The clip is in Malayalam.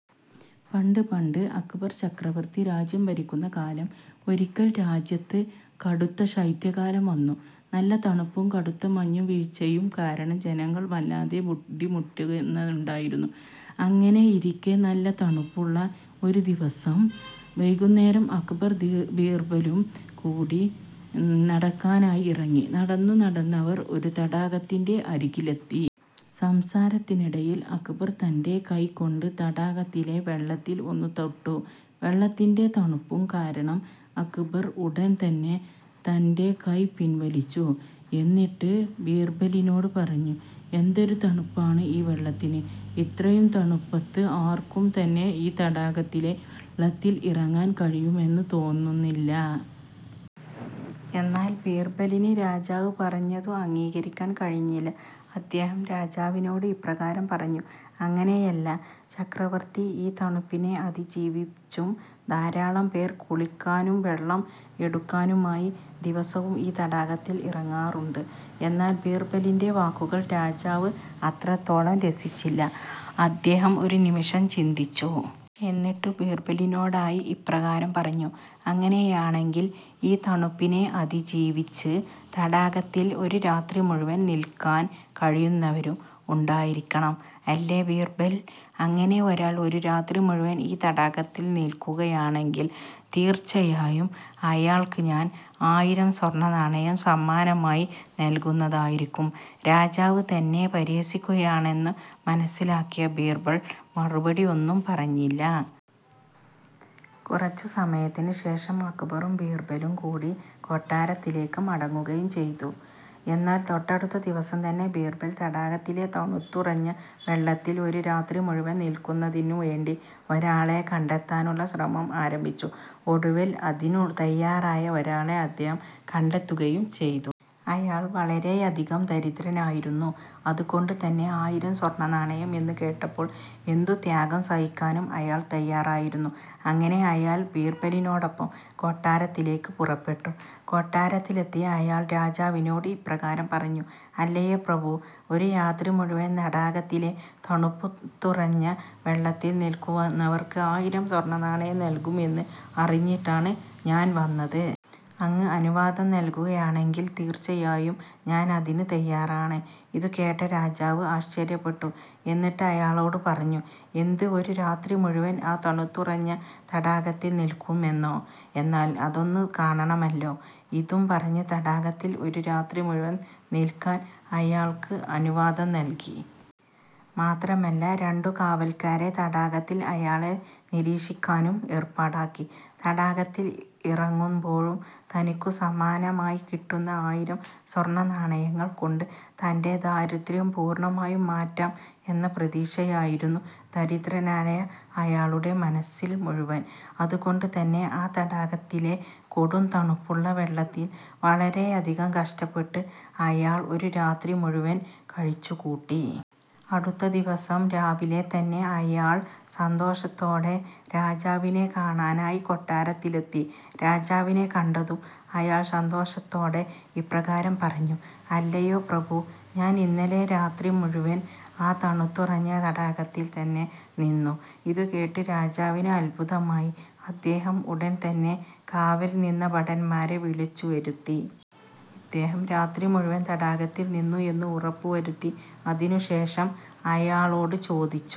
പണ്ടു പണ്ട് അക്ബർ ചക്രവർത്തി രാജ്യം ഭരിക്കുന്ന കാലം. ഒരിക്കൽ രാജ്യത്ത് കടുത്ത ശൈത്യകാലം വന്നു. നല്ല തണുപ്പും കടുത്ത മഞ്ഞുവീഴ്ചയും കാരണം ജനങ്ങൾ വല്ലാതെ ബുദ്ധിമുട്ടുന്നുണ്ടായിരുന്നു. അങ്ങനെയിരിക്കെ നല്ല തണുപ്പുള്ള ഒരു ദിവസം വൈകുന്നേരം അക്ബർ ബീർബലും കൂടി നടക്കാനായി ഇറങ്ങി. നടന്നു നടന്നവർ ഒരു തടാകത്തിന്റെ അരികിലെത്തി. സംസാരത്തിനിടയിൽ അക്ബർ തന്റെ കൈ കൊണ്ട് തടാകത്തിലെ വെള്ളത്തിൽ ഒന്നു തൊട്ടു. വെള്ളത്തിന്റെ തണുപ്പു കാരണം അക്ബർ ഉടൻ തന്നെ തന്റെ കൈ പിൻവലിച്ചു. എന്നിട്ട് ബീർബലിനോട് പറഞ്ഞു "എന്തൊരു തണുപ്പാണ് ഈ വെള്ളത്തിന്. ഇത്രയും തണുപ്പത്ത് ആർക്കും തന്നെ ഈ തടാകത്തിലെ വെള്ളത്തിൽ ഇറങ്ങാൻ കഴിയുമെന്നു തോന്നുന്നില്ല. " എന്നാൽ ബീർബലിന് രാജാവ് പറഞ്ഞതു അംഗീകരിക്കാൻ കഴിഞ്ഞില്ല. അദ്ദേഹം രാജാവിനോട് ഇപ്രകാരം പറഞ്ഞു "അങ്ങനെയല്ല ചക്രവർത്തി ഈ തണുപ്പിനെ അതിജീവിച്ചും ധാരാളം പേർ കുളിക്കാനും വെള്ളം എടുക്കാനുമായി ദിവസവും ഈ തടാകത്തിൽ ഇറങ്ങാറുണ്ട്. " എന്നാൽ ബീർബലിന്റെ വാക്കുകൾ രാജാവ് അത്രത്തോളം രസിച്ചില്ല. അദ്ദേഹം ഒരു നിമിഷം ചിന്തിച്ചു. എന്നിട്ടു ബീർബലിനോടായി ഇപ്രകാരം പറഞ്ഞു "അങ്ങനെയാണെങ്കിൽ ഈ തണുപ്പിനെ അതിജീവിച്ച് തടാകത്തിൽ ഒരു രാത്രി മുഴുവൻ നിൽക്കാൻ കഴിയുന്നവരും ഉണ്ടായിരിക്കണം അല്ലേ ബീർബൽ? അങ്ങനെ ഒരാൾ ഒരു രാത്രി മുഴുവൻ ഈ തടാകത്തിൽ നിൽക്കുകയാണെങ്കിൽ തീർച്ചയായും അയാൾക്ക് ഞാൻ ആയിരം സ്വർണനാണയം സമ്മാനമായി നൽകുന്നതായിരിക്കും. " രാജാവ് തന്നെ പരിഹസിക്കുകയാണെന്നു മനസിലാക്കിയ ബീർബൽ മറുപടി ഒന്നും പറഞ്ഞില്ല. കുറച്ചു സമയത്തിന് ശേഷം അക്ബറും ബീർബലും കൂടി കൊട്ടാരത്തിലേക്ക് മടങ്ങുകയും ചെയ്തു. എന്നാൽ തൊട്ടടുത്ത ദിവസം തന്നെ ബീർബൽ തടാകത്തിലെ തണുത്തുറഞ്ഞ വെള്ളത്തിൽ ഒരു രാത്രി മുഴുവൻ നിൽക്കുന്നതിനു വേണ്ടി ഒരാളെ കണ്ടെത്താനുള്ള ശ്രമം ആരംഭിച്ചു. ഒടുവിൽ അതിനു തയ്യാറായ ഒരാളെ അദ്ദേഹം കണ്ടെത്തുകയും ചെയ്തു. അയാൾ വളരെയധികം ദരിദ്രനായിരുന്നു. അതുകൊണ്ടു തന്നെ ആയിരം സ്വർണനാണയം എന്ന് കേട്ടപ്പോൾ എന്തു ത്യാഗം സഹിക്കാനും അയാൾ തയ്യാറായിരുന്നു. അങ്ങനെ അയാൾ ബീർബലിനോടൊപ്പം കൊട്ടാരത്തിലേക്ക് പുറപ്പെട്ടു. കൊട്ടാരത്തിലെത്തിയ അയാൾ രാജാവിനോട് ഇപ്രകാരം പറഞ്ഞു. "അല്ലയോ പ്രഭു, ഒരു രാത്രി മുഴുവൻ തടാകത്തിലെ തണുപത്തുറഞ്ഞ വെള്ളത്തിൽ നിൽക്കുന്നവർക്ക് ആയിരം സ്വർണനാണയം നൽകും എന്ന് അറിഞ്ഞിട്ടാണ് ഞാൻ വന്നത്. അങ്ങ് അനുവാദം നൽകുകയാണെങ്കിൽ തീർച്ചയായും ഞാൻ അതിന് തയ്യാറാണ്. " ഇതു കേട്ട രാജാവ് ആശ്ചര്യപ്പെട്ടു. എന്നിട്ട് അയാളോട് പറഞ്ഞു "എന്ത് ഒരു രാത്രി മുഴുവൻ ആ തണുത്തുറഞ്ഞ തടാകത്തിൽ നിൽക്കുമെന്നോ? എന്നാൽ അതൊന്നു കാണണമല്ലോ. " ഇതും പറഞ്ഞു തടാകത്തിൽ ഒരു രാത്രി മുഴുവൻ നിൽക്കാൻ അയാൾക്ക് അനുവാദം നൽകി. മാത്രമല്ല രണ്ടു കാവൽക്കാരെ തടാകത്തിൽ അയാളെ നിരീക്ഷിക്കാനും ഏർപ്പാടാക്കി. തടാകത്തിൽ ഇറങ്ങുമ്പോഴും തനിക്കു സമ്മാനമായി കിട്ടുന്ന ആയിരം സ്വർണനാണയങ്ങൾ കൊണ്ട് തന്റെ ദാരിദ്യം പൂർണമായും മാറ്റാം എന്ന പ്രതീക്ഷയായിരുന്നു ദരിദ്രനായ അയാളുടെ മനസ്സിൽ മുഴുവൻ. അതുകൊണ്ടു തന്നെ ആ തടാകത്തിലെ കൊടും തണുപ്പുള്ള വെള്ളത്തിൽ വളരെയധികം കഷ്ടപ്പെട്ട് അയാൾ ഒരു രാത്രി മുഴുവൻ കഴിച്ചു കൂട്ടി. അടുത്ത ദിവസം രാവിലെ തന്നെ അയാൾ സന്തോഷത്തോടെ രാജാവിനെ കാണാനായി കൊട്ടാരത്തിലെത്തി. രാജാവിനെ കണ്ടതും അയാൾ സന്തോഷത്തോടെ ഇപ്രകാരം പറഞ്ഞു. "അല്ലയോ പ്രഭു, ഞാൻ ഇന്നലെ രാത്രി മുഴുവൻ ആ തണുത്തുറഞ്ഞ തടാകത്തിൽ തന്നെ നിന്നു. " ഇതു കേട്ട രാജാവിന് അത്ഭുതമായി. അദ്ദേഹം ഉടൻ തന്നെ കാവൽ നിന്ന ഭടന്മാരെ വിളിച്ചു വരുത്തി. ഇദ്ദേഹം രാത്രി മുഴുവൻ തടാകത്തിൽ നിന്നു എന്ന് ഉറപ്പു വരുത്തി. അതിനു ശേഷം അയാളോട് ചോദിച്ചു